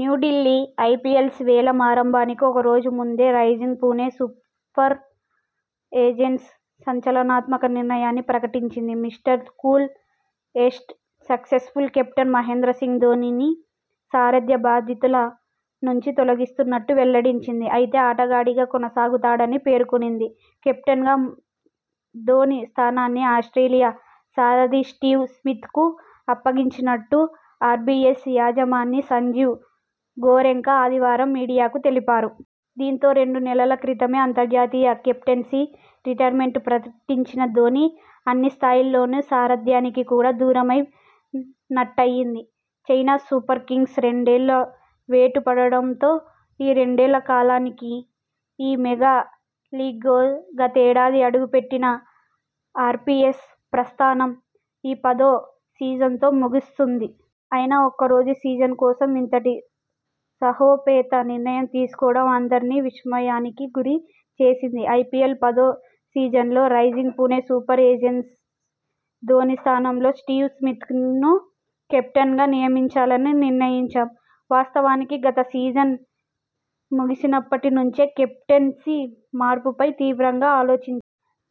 New Delhi IPL వేలం ఆరంభానికి ఒక రోజు ముందే రైజింగ్ పుణె సూపర్ జెయింట్స్ సంచలనాత్మక నిర్ణయాన్ని ప్రకటించింది. Mister Cool, most successful captain Mahendra Singh ధోనీని సారథ్య బాధ్యతల నుంచి తొలగిస్తున్నట్టు వెల్లడించింది. అయితే ఆటగాడిగా కొనసాగుతాడని పేర్కొంది. కెప్టెన్గా ధోనీ స్థానాన్ని ఆస్ట్రేలియా సారథి స్టీవ్ స్మిత్ కు అప్పగిస్తున్నట్టు ఆర్పీఎస్ యజమాని సంజీవ్ గోయెంకా ఆదివారం మీడియాకు తెలిపారు. దీంతో రెండు నెలల క్రితమే అంతర్జాతీయ కెప్టెన్సీకి రిటైర్మెంట్ ప్రకటించిన ధోనీ.. అన్ని స్థాయిల్లోనూ సారథ్యానికి కూడా దూరమై నట్టయింది. చెన్నై సూప ర్ కింగ్స్పై రెండేళ్లు వేటు పడడంతో ఈ రెండేళ్ల కాలానికి ఈ మెగా లీగ్లో గతేడాది అడుగు పెట్టిన ఆర్పీఎస్ ప్ర స్థానం ఈ పదో సీజన్తో ముగుస్తుంది. అయినా ఈ ఒక్క సీజన్ కోసం ఇంతటి సాహసో పేత నిర్ణయం తీసుకోవడం అందర్నీ విస్మయానికి గురి చేసింది. ఐపీఎల్ పదో సీజన్లో రైజింగ్ పుణె సూపర్ జెయింట్స్కు ధోనీ స్థానంలో స్టీవ్ స్మిత్ ను కెప్టెన్గా నియమించాలని నిర్ణయించాం. వాస్తవానికి గత సీజన్ ముగిసినప్పటి నుంచే కెప్టెన్సీ మార్పు పై తీవ్రంగా ఆలోచించా.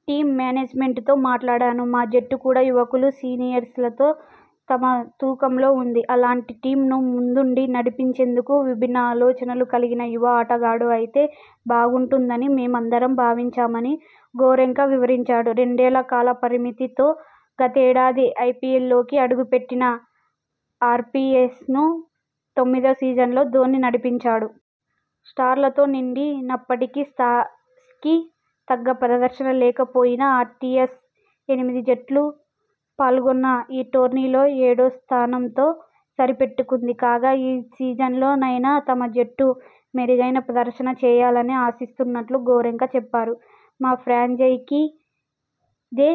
టీమ్ మేనేజ్మెంట్తో మాట్లాడాను. మా జట్టు కూడా యువకులు, సీనియర్లతో సమ తూకంలో ఉంది. అలాంటి టీమ్ను ముందుండి నడిపించేందుకు విభిన్న ఆలోచనలు కలిగిన యువ ఆటగాడు అయితే బాగుంటుందని మేమందరం భావించామని గోయెంకా వివరించాడు. రెండేళ్ల కాల పరిమితి తో గతేడాది ఐపీఎల్లోకి అడుగు పెట్టిన ఆర్పీఎస్ను తొమ్మిదో సీజన్లో ధోనీ నడిపించాడు. స్టార్లతో నిండి నప్పటికీ స్థాయికి తగ్గ ప్రదర్శన చేయలేక పోయిన ఆర్పీఎస్ ఎనిమిది జట్లు పాల్గొన్న ఈ టోర్నీలో ఏడో స్థానంతో సరి పెట్టుకుంది. కాగా, ఈ సీజన్లో నైనా తమ జట్టు మెరుగైన ప్రదర్శన చేయాలని ఆశిస్తున్నట్టు గోయెంకా చెప్పారు. మా ఫ్రాంచైజీ కిదే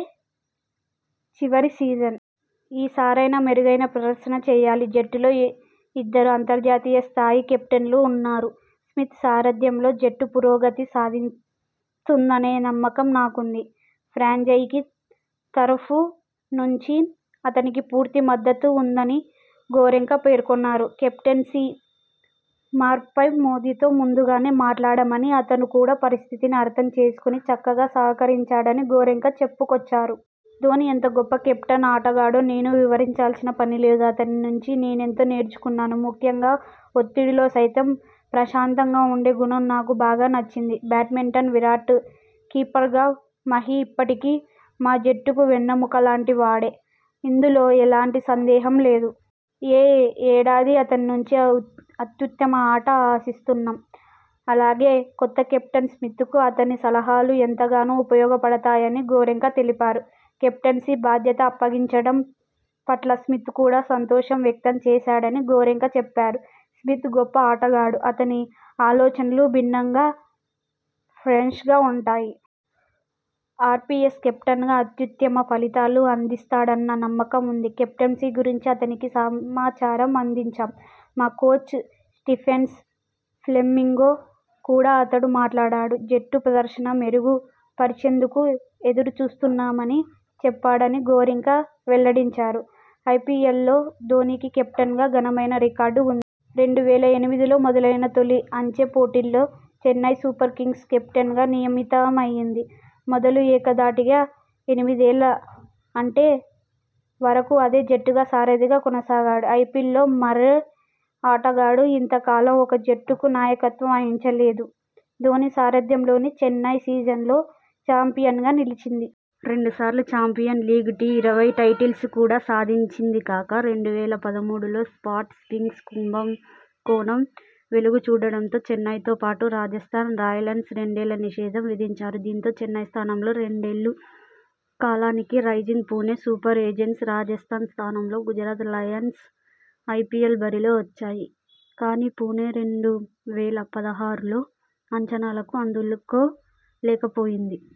చివరి సీజన్. ఈ సారైనా మెరుగైన ప్రదర్శన చేయాలి. జట్టులో ఇద్దరు అంతర్జాతీయ స్థాయి కెప్టెన్లు ఉన్నారు. స్మిత్ సారథ్యంలో జట్టు పురోగతి సాధిస్తుందనే నమ్మకం నాకుంది. ఫ్రాంచైజీ తరఫు నుంచి అతనికి పూర్తి మద్దతు ఉంటుందని గోయెంకా పేర్కొన్నారు. కెప్టెన్సీ మార్పుపై ధోనీతో ముందుగానే మాట్లాడామని, అతను కూడా పరిస్థితిని అర్థం చేసుకుని చక్కగా సహకరించాడని గోయెంకా చెప్పుకొచ్చారు. ధోనీ ఎంత గొప్ప కెప్టెన్, ఆటగాడో నేను వివరించాల్సిన పనిలేదు. అతని నుంచి నేనెంతో నేర్చుకున్నాను. ముఖ్యంగా ఒత్తిడిలో సైతం ప్రశాంతంగా ఉండే గుణం నాకు బాగా నచ్చింది. బ్యాట్స్మన్, వికెట్ కీపర్గా మహీ ఇప్పటికీ మా జట్టుకు వెన్నెముక లాంటి వాడే. ఇందులో ఎలాంటి సందేహం లేదు. ఈ ఏడాది అతని నుంచి అత్యుత్తమ ఆటను ఆశిస్తున్నాం. అలాగే కొత్త కెప్టెన్ స్మితకు అతని సలహాలు ఎంతగానో ఉపయోగ పడతాయని గోయెంకా తెలిపారు. కెప్టెన్సీ బాధ్యత అప్పగించడం పట్ల స్మిత్ కూడా సంతోషం వ్యక్తం చేశాడని గోయెంకా చెప్పారు. స్మిత్ గొప్ప ఆటగాడు. అతని ఆలోచనలు భిన్నం గా, ఫ్రెష్గా ఉంటాయి. ఆర్పీఎస్ కెప్టెన్గా అత్యుత్తమ ఫలితాలు అందిస్తాడన్న నమ్మకం ఉంది. కెప్టెన్సీ గురించి అతనికి సమాచారం అందించాం. మా కోచ్ స్టీఫెన్ ఫ్లెమింగ్తో కూడా అతడు మాట్లాడాడు. జట్టు ప్రదర్శన మెరుగు పర్చేందుకు ఎదురు చూస్తున్నానని చెప్పాడని గోయెంకా వెల్లడించారు. ఐపీఎల్లో ధోనీకి కెప్టెన్గా ఘనమైన రికార్డు ఉంది. రెండు వేల ఎనిమిదిలో మొదలైన తొలి అంచె పోటీల్లో చెన్నై సూపర్ కింగ్స్కు కెప్టెన్గా నియమిత మైంది మొదలు ఏకధాటిగా ఎనిమిదేళ్లు, అంటే వరకూ అదే జట్టుకు సారథిగా కొనసాగాడు. ఐపీఎల్లో మరే ఆటగాడూ ఇంత కాలం ఒక జట్టుకు నాయకత్వం వహించలేదు. ధోనీ సారథ్యంలోని చెన్నై, సీజన్లలో చాంపియన్గా నిలిచింది. రెండు సార్లు చాంపియన్స్ లీగ్ టీ ,ఇరవై టైటిళ్లు కూడా సాధించింది కాగా, రెండు వేల పదమూడులో స్పాట్ ఫిక్సింగ్ కుంభ కోణం వెలుగు చూడడంతో చెన్నైతో పాటు రాజస్థాన్ రాయల్స్పైనా రెండేళ్ల నిషేధం విధించారు దీంతో చెన్నై స్థానంలో రెండేళ్ల కాలానికి Rising Pune Super Giants, Rajasthan స్థానంలో గుజరాత్ లయన్స్ ఐపీఎల్ బరిలోకి వచ్చాయి. కానీ, పుణె రెండు వేల పదహారులో అంచనాలను అందుకో లేకపోయింది